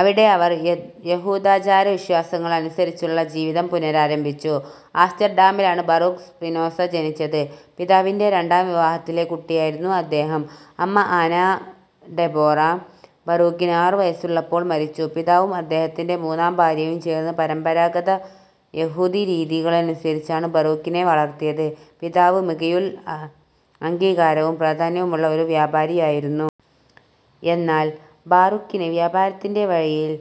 അവിടെ അവർ യഹൂദാചാരവിശ്വാസങ്ങൾ അനുസരിച്ചുള്ള ജീവിതം പുനരാരംഭിച്ചു. ആംസ്റ്റർഡാമിലാണ് ബറൂക്ക് സ്പിനോസ ജനിച്ചത്. പിതാവിന്റെ രണ്ടാം വിവാഹത്തിലെ കുട്ടിയായിരുന്നു അദ്ദേഹം. അമ്മ ആനാ ഡെബോറ, ബറൂക്കിന് ആറുവയസ്സുള്ളപ്പോൾ മരിച്ചു. പിതാവും അദ്ദേഹത്തിന്റെ മൂന്നാം ഭാര്യയും ചേർന്ന് പരമ്പരാഗതയഹൂദരീതികളനുസരിച്ചാണ് ബറൂക്കിനെ വളർത്തിയത്. പിതാവ് മിഗയൂൽ അംഗീകാരവും പ്രാധാന്യവുമുള്ള ഒരു വ്യാപാരിയായിരുന്നു. എന്നാൽ ബാറുക്കിന് വ്യാപാരത്തിന്റെ വഴിയിൽ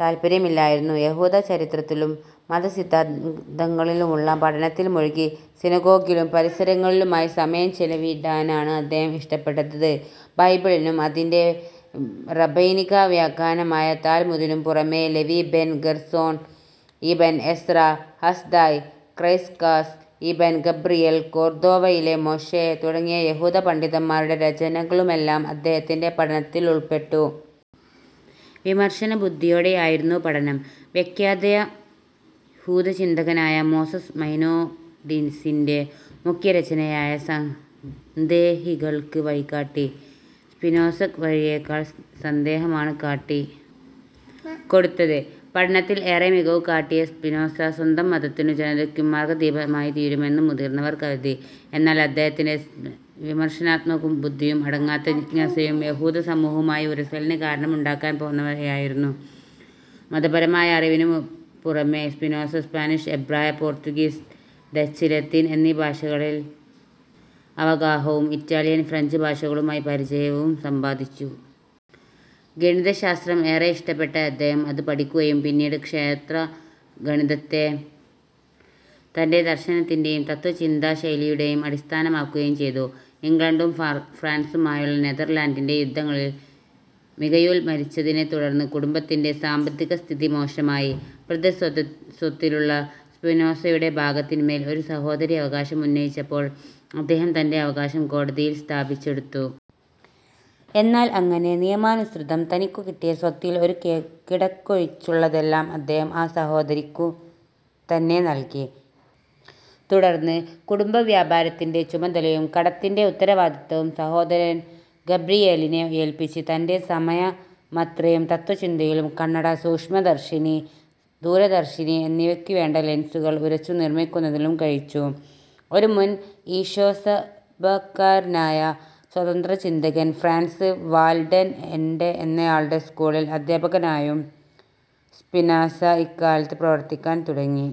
താത്പര്യമില്ലായിരുന്നു. യഹൂദചരിത്രത്തിലും മതസിദ്ധാന്തങ്ങളിലുമുള്ള പഠനത്തിൽ മുഴുകി സിനഗോഗിലും പരിസരങ്ങളിലുമായി സമയം ചിലവിടാനാണ് അദ്ദേഹം ഇഷ്ടപ്പെട്ടത്. ബൈബിളിനും അതിന്റെ റബൈനികവ്യാഖ്യാനമായ താൽമുദിനും പുറമേ, Levi ben Gerson, Ibn Ezra, Hasdai Crescas, Ibn Gabriel, കൊർദോവയിലെ മോശെ തുടങ്ങിയ യഹൂദപണ്ഡിതന്മാരുടെ രചനകളുമെല്ലാം അദ്ദേഹത്തിന്റെ പഠനത്തിൽ ഉൾപ്പെട്ടു. വിമർശനബുദ്ധിയോടെയായിരുന്നു പഠനം. പ്രഖ്യാതയഹൂദചിന്തകനായ മോസസ് മൈമോനിഡിസിന്റെ മുഖ്യരചനയായ "സന്ദേഹികൾക്ക് വഴികാട്ടി" സ്പിനോസക്ക് വഴിയേക്കാൾ സന്ദേഹമാണ് കാട്ടിക്കൊടുത്തത്. പഠനത്തിൽ ഏറെ മികവുകാട്ടിയ സ്പിനോസ സ്വന്തം മതത്തിനും ജനതക്കും മാർഗ്ഗദീപമായിത്തീരുമെന്ന് മുതിർന്നവർ കരുതി. എന്നാൽ അദ്ദേഹത്തിന്റെ വിമർശനാത്മകബുദ്ധിയും അടങ്ങാത്ത ജിജ്ഞാസയും യഹൂദസമൂഹവുമായി ഉരസലിന് കാരണമുണ്ടാക്കാൻ പോന്നവയായിരുന്നു. മതപരമായ അറിവിനുപുറമേ സ്പിനോസ സ്പാനിഷ്, എബ്രായ, പോർത്തുഗീസ്, ഡച്ച്, ലത്തീൻ എന്നീ ഭാഷകളിൽ അവഗാഹവും ഇറ്റാലിയൻ, ഫ്രഞ്ച് ഭാഷകളുമായി പരിചയവും സമ്പാദിച്ചു. ഗണിതശാസ്ത്രം ഏറെ ഇഷ്ടപ്പെട്ട അദ്ദേഹം അത് പഠിക്കുകയും പിന്നീട്, ക്ഷേത്രഗണിതത്തെ തന്റെ ദർശനത്തിന്റേയും തത്ത്വചിന്താശൈലിയുടേയും അടിസ്ഥാനമാക്കുകയും ചെയ്തു. ഇംഗ്ലണ്ടും ഫ്രാൻസുമായുള്ള നെഥർലാൻഡ്സിന്റെ യുദ്ധങ്ങളിൽ മിഗയൂൽ മരിച്ചതിനെ തുടർന്ന് കുടുംബത്തിന്റെ സാമ്പത്തികസ്ഥിതി മോശമായി. പിതൃസ്വത്തിലുള്ള സ്പിനോസയുടെ ഭാഗത്തിന്മേൽ ഒരു സഹോദരി അവകാശം ഉന്നയിച്ചപ്പോൾ അദ്ദേഹം തന്റെ അവകാശം കോടതിയിൽ സ്ഥാപിച്ചെടുത്തു. എന്നാൽ അങ്ങനെ നിയമാനുസൃതം തനിക്കുകിട്ടിയ സ്വത്തിൽ ഒരു കിടക്കയൊഴിച്ചുള്ളതെല്ലാം അദ്ദേഹം ആ സഹോദരിക്കുതന്നെ നൽകി. തുടർന്ന്, കുടുംബവ്യാപാരത്തിന്റെ ചുമതലയും കടത്തിന്റെ ഉത്തരവാദിത്തവും സഹോദരൻ ഗബ്രിയേലിനെ ഏൽപിച്ച് തന്റെ സമയമത്രയും തത്ത്വചിന്തയിലും കണ്ണട, സൂക്ഷ്മദർശിനി, ദൂരദർശിനി എന്നിവക്കുവേണ്ട ലെൻസുകൾ ഉരച്ചുനിർമ്മിക്കുന്നതിലും കഴിച്ചു. ഒരു മുൻ ഈശോസഭക്കാരനായ സ്വതന്ത്രചിന്തകൻ, ഫ്രാൻസ് വാൻഡെൻ എൻഡെ എന്നയാളുടെ സ്കൂളിൽ അദ്ധ്യപകനായും സ്പിനോസ ഇക്കാലത്ത് പ്രവർത്തിക്കാൻ തുടങ്ങി.